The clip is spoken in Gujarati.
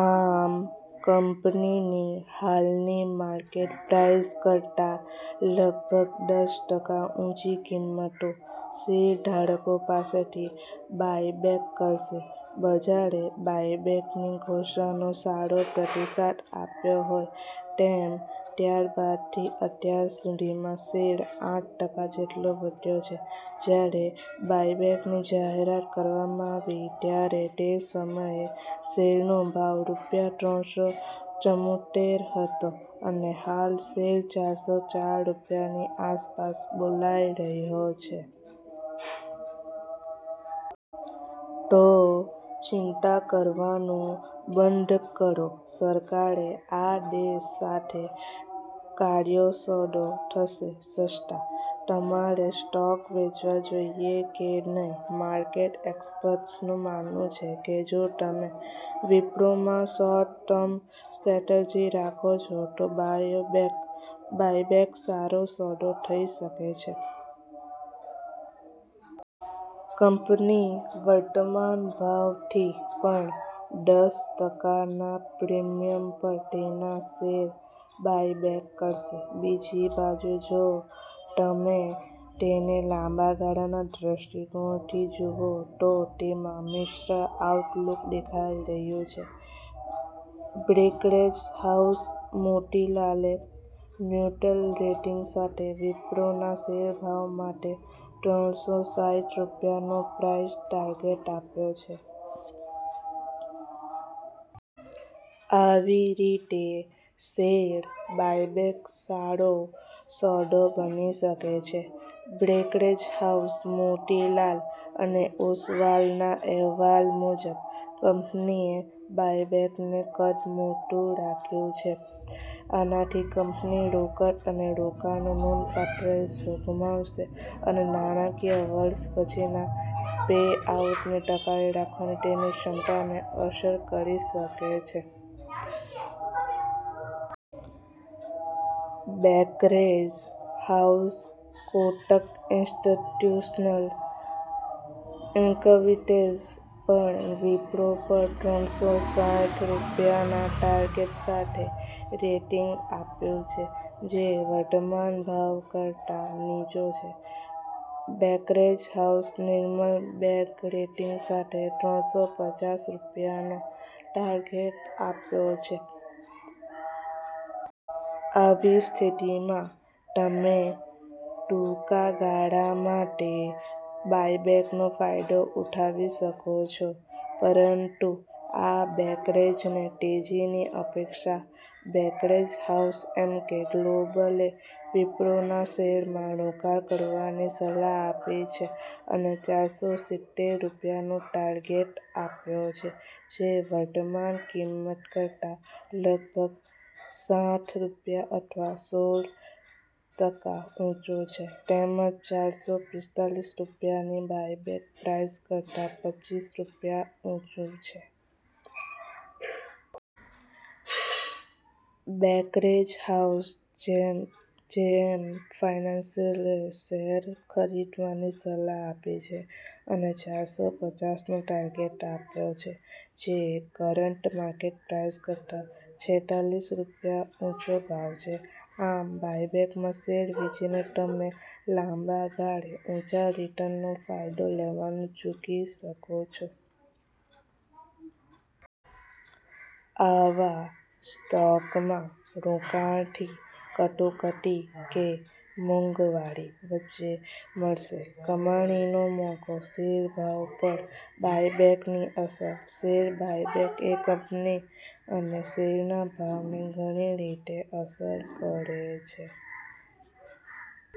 આમ કંપની હાલની માર્કેટ પ્રાઇસ કરતા લગભગ દસ ટકા ઉંચી કિંમતો શેરધારકો પાસેથી બાયબેક કરશે. બજારે બાયબેકની ઘોષણાને સારો પ્રતિસાદ આપ્યો હોય તેમ ત્યારબાદથી અત્યાર સુધીંમાં શેર આઠ ટકા જેટલો વધ્યો છે. જ્યારે બાયબેકની જાહેરાત કરવામાં આવી ત્યારે તે સમયે શેરનો ભાવ રૂપિયા ત્રણસો ચુમોતેર હતો અને હાલ શેર ચારસો ચાર રૂપિયાની આસપાસ બોલાઇ રહ્યો છે. તો ચિંતા કરવાનું બંધ કરો, સરકારે આ દેશ સાથે કર્યો સોદો, થશે સસ્તા! તમારે સ્ટોક વેચવા જોઈએ કે નહીં, માર્કેટ એક્સપર્ટ્સનું માનવું છે કે જો તમે વિપ્રોમાં શોર્ટ ટર્મ સ્ટ્રેટેજી રાખો છો તો બાયબેક સારો સોદો થઈ શકે છે. કંપની વર્તમાન ભાવથી પણ દસ ટકાના પ્રીમિયમ પર તેના શેર બાયબેક કરશે. બીજી બાજુ, જો તમે તેને લાંબા ગાળાના દ્રષ્ટિકોણથી જુઓ, તો તેમાં મિશ્ર આઉટલૂક દેખાઇ રહ્યું છે. બ્રોકરેજ હાઉસ મોતીલાલે ન્યુ્ટ્રલ રેટિંગ સાથે વિપ્રોના શેર ભાવ માટે ત્રણસો સાઈઠ રૂપિયાનો પ્રાઇસ ટાર્ગેટ આપ્યો છે. આવી રીતે શેર બાયબેક સારો સોદો બની શકે છે. બ્રોકરેજ હાઉસ મોતીલાલ ઓસવાલના અહેવાલ મુજબ, કંપનીએ બાયબેકનું કદ મોટું રાખ્યું છે. આનાથી કંપની રોકડ અને રોકાણનો નોંધપાત્ર હિસ્સો ગુમાવશે અને નાણાંકીય વર્ષ પછીના પેઆઉટને ટકાવી રાખવાની તેની ક્ષમતાને અસર કરી શકે છે. બ્રોકરેજ હાઉસ કોટક ઇન્સ્ટિટ્યૂશનલ ઇક્વિટીઝે પણ વિપ્રો પર ત્રણસો સાઈઠ રૂપિયાના ટાર્ગેટ સાથે રેટિંગ આપ્યુ છે, જે વર્તમાન ભાવ કરતાં નીચો છે. બ્રોકરેજ હાઉસ નિર્મલ બેંગે રેટિંગ સાથે ત્રણસો પચાસ રૂપિયાનો ટાર્ગેટ આપ્યો છે. આવી સ્થિતિમાં તમે ટૂંકા ગાળા માટે બાયબેકનો ફાયદો ઉઠાવી શકો છો. પરંતુ આ બ્રોકરેજને તેજીની અપેક્ષા બ્રોકરેજ હાઉસ એમકે ગ્લોબલે વિપ્રોના શેરમાં રોકાણ કરવાની સલાહ આપી છે અને ચારસો સિત્તેર રૂપિયાનો ટાર્ગેટ આપ્યો છે, જે વર્તમાન કિંમત કરતાં લગભગ છાસઠ રૂપિયા અથવા સોળ ટકા ઉંચો છે તેમજ ચારસો પિસ્તાલીસ રૂપિયાની બાયબેક પ્રાઇસ કરતાં પચ્ચીસ રૂપિયા ઉંચુ છે. બ્રોકરેજ હાઉસ જેએમ ફાઇનાન્શિયલએ શેર ખરીદવાની સલાહ આપી છે અને ચારસો પચાસનો ટાર્ગેટ આપ્યો છે, જે કરન્ટ માર્કેટ પ્રાઇસ કરતા છેતાલીસ રૂપિયા ઉંચો ભાવ છે. આમ બાયબેકમાં શેર વેચીને તમે લાંબા ગાળે ઊંચા રિટર્નનો ફાયદો લેવાનું ચૂકી શકો છો. આવા સ્ટોકમાં રોકાણથી કટોકટી કે મોંઘવારી વચ્ચે મળશે કમાણીનો મોકો. શેર ભાવ પર બાયબેકની અસર, શેર બાયબેક એ કંપની અને શેરના ભાવને ઘણી રીતે અસર કરે છે.